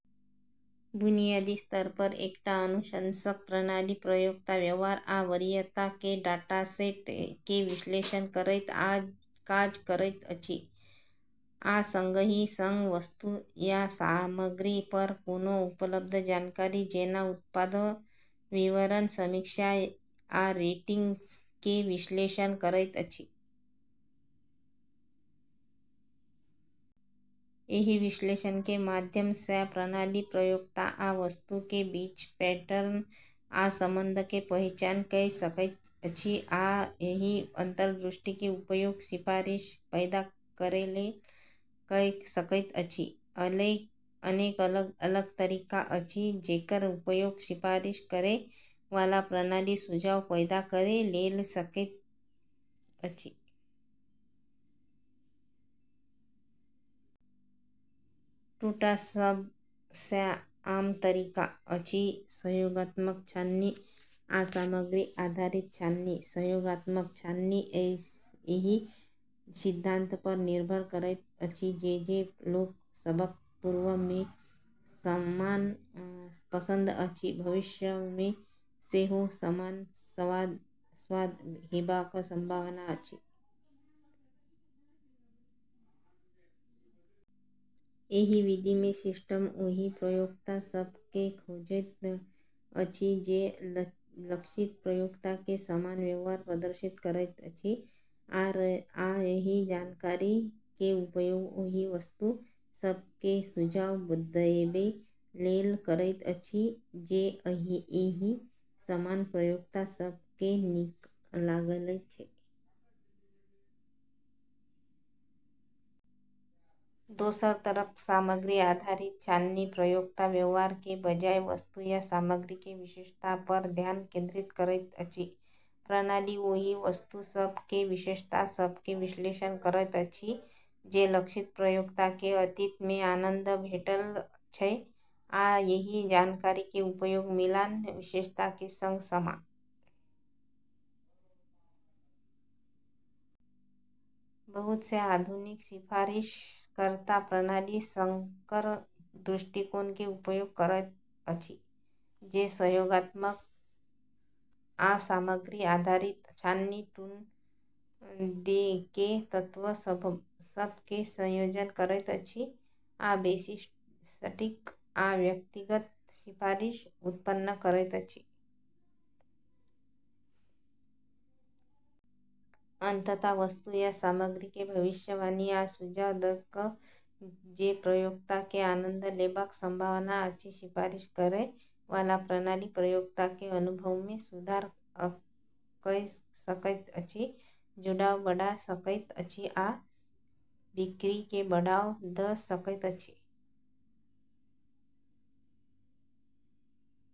बुनियादी स्तर पर, एकटा अनुशंसक प्रणाली प्रयोक्ता व्यवहार आ वरीयता के डाटासेट के विश्लेषण करैत काज करैत अछि, आ संगहि संग वस्तु या सामग्री पर कोनो उपलब्ध जानकारी, जेना उत्पाद विवरण, समीक्षा आ रेटिंग के विश्लेषण करैत अछि। एहि विश्लेषण के माध्यम सँ प्रणाली प्रयोक्ता आ वस्तु के बीच पैटर्न आ संबंध के पहचान कऽ सकैत अछि आ एहि अंतर्दृष्टि के उपयोग सिफारिश पैदा करै लेल कऽ सकैत अछि। अनेक अलग-अलग तरीका अछि जेकर उपयोग सिफारिश करै वाला प्रणाली सुझाव पैदा करै लेल कऽ सकैत अछि। दू टा सब सँ आम तरीका अछि सहयोगात्मक छाननी आ सामग्री आधारित छाननी। सहयोगात्मक छाननी एहि सिद्धांत पर निर्भर करैत अछि जे जे लोक सभक पूर्व मे समान पसंद अछि, भविष्य मे सेहो समान स्वाद हेबाक संभावना अछि। एहि विधि मे सिस्टम ओहि प्रयोक्ता सभ केँ खोजैत अछि जे लक्षित प्रयोक्ता के समान व्यवहार प्रदर्शित करैत अछि आ एहि जानकारी के उपयोग ओहि वस्तु सभ के सुझाव देबै लेल करैत अछि जे एहि समान प्रयोक्ता सभ केँ नीक लागल छै। दोसर तरफ सामग्री आधारित छाननी प्रयोक्ता व्यवहार के बजाय वस्तु या सामग्री के विशेषता पर ध्यान केंद्रित करैत अछि। प्रणाली ओहि वस्तु सभ के विशेषता सभ के विश्लेषण करैत अछि जे लक्षित प्रयोक्ता केँ अतीत मे आनंद भेटल छै आ एहि जानकारी के उपयोग मिलान विशेषता के संग समान वस्तु सभ के सुझाव देबै लेल करैत अछि। बहुत सँ आधुनिक सिफारिशकर्ता प्रणाली संकर दृष्टिकोण के उपयोग करैत अछि, जे सहयोगात्मक आ सामग्री आधारित छाननी दूनू के तत्व सभ के संयोजन करैत अछि आ बेसि सटीक आ व्यक्तिगत सिफारिश उत्पन्न करैत अछि। अंततः, वस्तु या सामग्री के भविष्यवाणी आ सुझाव दऽ कऽ जे प्रयोक्ता के आनंद लेबाक संभावना अछि, सिफारिश करै वाला प्रणाली प्रयोक्ता के अनुभव मे सुधार कऽ सकैत अछि, जुड़ाव बढ़ा सकैत अछि आ बिक्री केँ बढ़ावा दऽ सकैत अछि।